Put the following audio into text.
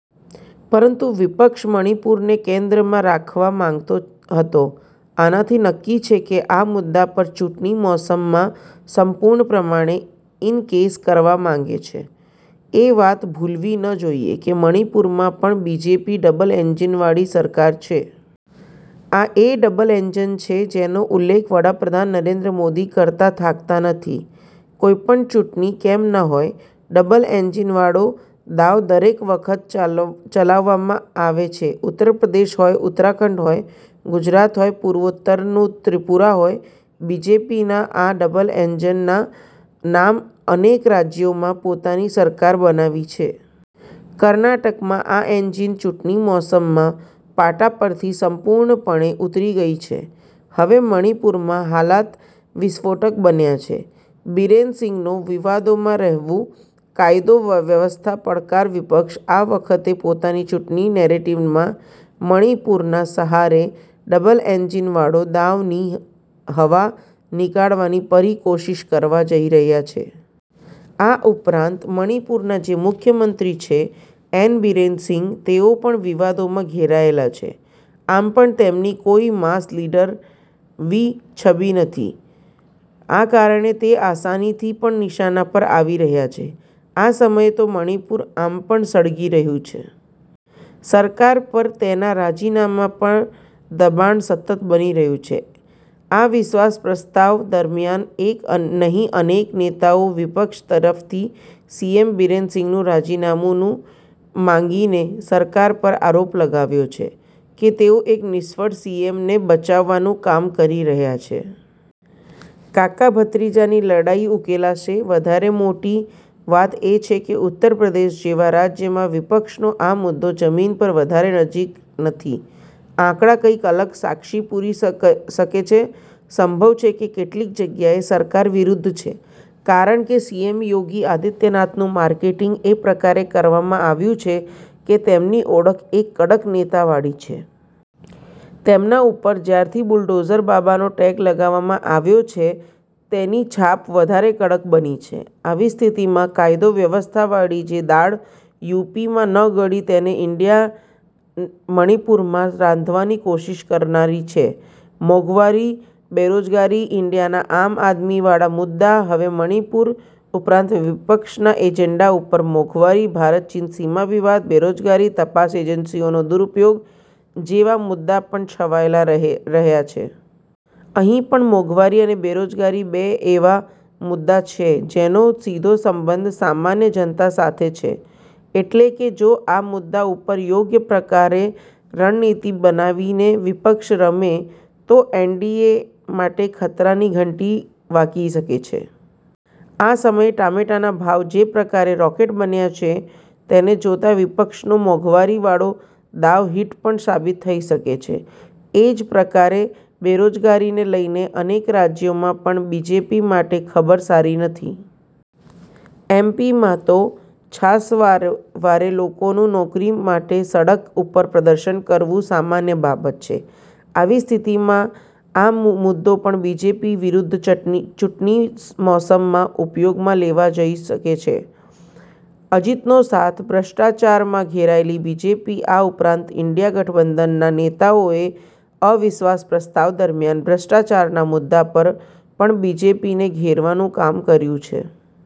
પરંતુ વિપક્ષ મણિપુરને કેન્દ્રમાં રાખવા માંગતો હતો. આનાથી નક્કી છે કે આ મુદ્દા પર ચૂંટણી મૌસમમાં સપૂર્ણ પ્રમાણે ઇનકેસ કરવા માંગે છે. એ વાત ભૂલવી ન જોઈએ કે મણિપુરમાં પણ બીજેપી ડબલ એન્જીનવાળી સરકાર છે. આ એ ડબલ એન્જીન છે જેનો ઉલ્લેખ વડાપ્રધાન નરેન્દ્ર મોદી કરતા થાકતા નથી. કોઈપણ ચૂંટણી કેમ ન હોય, ડબલ એન્જીનવાળો દાવ દરેક વખત ચલાવવામાં આવે છે. ઉત્તર પ્રદેશ હોય, ઉત્તરાખંડ હોય, ગુજરાત હોય, પૂર્વોત્તરનું ત્રિપુરા હોય, બીજેપીના આ ડબલ એન્જીનના નામ અનેક રાજ્યોમાં પોતાની સરકાર બનાવી છે. કર્ણાટકમાં આ એન્જીન ચૂંટણી મોસમમાં પાટા પરથી સંપુર્ણ પણે ઉતરી ગઈ છે. હવે મણિપુરમાં હાલાત વિસ્ફોટક બન્યા છે. બીરેન સિંહનો વિવાદોમાં રહેવું, કાયદો વ્યવસ્થા પડકાર વિપક્ષ આ વખતે પોતાની ચૂંટણી નેરેટિવમાં મણિપુરના સહારે ડબલ એન્જીનવાળો દાવની હવા નીકળવાની પરી કોશિશ કરવા જઈ રહ્યા છે. આ ઉપરાંત મણિપુરના જે મુખ્યમંત્રી છે એન બીરેન સિંહ તેઓ પણ વિવાદોમાં ઘેરાયેલા છે. આમ પણ તેમની કોઈ માસ લીડરવાી છબી નથી. આ કારણે તે આસાનીથી પણ નિશાના પર આવી રહ્યા છે. આ સમયે તો મણિપુર આમ પણ સળગી રહ્યું છે. સરકાર પર તેના રાજીનામા પર દબાણ સતત બની રહ્યું છે. અવિશ્વાસ પ્રસ્તાવ દરમિયાન એક નહીં અનેક નેતાઓ વિપક્ષ તરફથી સીએમ બીરેન સિંહનું રાજીનામું માંગીને સરકાર પર આરોપ લગાવ્યો છે કે તેઓ એક નિષ્ફળ સીએમને બચાવવાનું કામ કરી રહી છે.: કાકા-ભત્રીજાની લડાઈ ઉકેલાશે? વધારે મોટી વાત એ છે કે ઉત્તર પ્રદેશ જેવા રાજ્યમાં વિપક્ષનો આ મુદ્દો જમીન પર વધારે નજીક નથી. આંકડા કંઇક અલગ સાક્ષી પુરી શકે છે. સંભવ છે કે કેટલીક જગ્યાએ સરકાર વિરુદ્ધ છે કારણ કે સીએમ યોગી આદિત્યનાથનું માર્કેટિંગ એ પ્રકારે કરવામાં આવ્યું છે કે તેમની ઓળખ એક કડક નેતા વાળી છે. તેમના ઉપર જ્યારથી બુલડોઝર બાબાનો ટેગ લગાવવામાં આવ્યો છે. તેની છાપ વધારે કડક બની છે. આવી સ્થિતિમાં કાયદો વ્યવસ્થાવાળી જે દાળ યુપીમાં ન ગળી તેને ઇન્ડિયા મણિપુરમાં રાંધવાની કોશિશ કરનારી છે. મોંઘવારી, બેરોજગારી, ઇન્ડિયાના આમ આદમીવાળા મુદ્દા હવે મણિપુર ઉપરાંત વિપક્ષના એજન્ડા ઉપર મોંઘવારી, ભારત-ચીન સીમા વિવાદ, બેરોજગારી, તપાસ એજન્સીઓનો દુરુપયોગ જેવા મુદ્દા પણ છવાયેલા રહ્યા છે. અહીં પણ મોંઘવારી અને બેરોજગારી બે એવા મુદ્દા છે જેનો સીધો સંબંધ સામાન્ય જનતા સાથે છે. એટલે કે જો આ મુદ્દા ઉપર યોગ્ય પ્રકારે રણનીતિ બનાવીને વિપક્ષ રમે તો એનડીએ માટે ખતરાની ઘંટી વાગી શકે છે. આ સમયે ટામેટાના ભાવ જે પ્રકારે રોકેટ બન્યા છે. તેને જોતા વિપક્ષનો મોંઘવારીવાળો દાવ હિટ પણ સાબિત થઇ શકે છે. એ જ પ્રકારે બેરોજગારીને લઈને અનેક રાજ્યોમાં પણ બીજેપી માટે ખબર સારી નથી. એમપીમાં તો છાસવારે લોકોનું નોકરી માટે સડક ઉપર પ્રદર્શન કરવું સામાન્ય બાબત છે. આવી સ્થિતિમાં આ મુદ્દો પણ બીજેપી વિરુદ્ધ ચૂંટણી મૌસમમાં ઉપયોગમાં લેવા જઈ શકે છે. અજીતનો સાથ, ભ્રષ્ટાચારમાં ઘેરાયેલી બીજેપી આ ઉપરાંત ઇન્ડિયા ગઠબંધનના નેતાઓએ અવિશ્વાસ પ્રસ્તાવ દરમિયાન ભ્રષ્ટાચારના મુદ્દા પર પણ બીજેપીને ઘેરવાનું કામ કર્યું છે.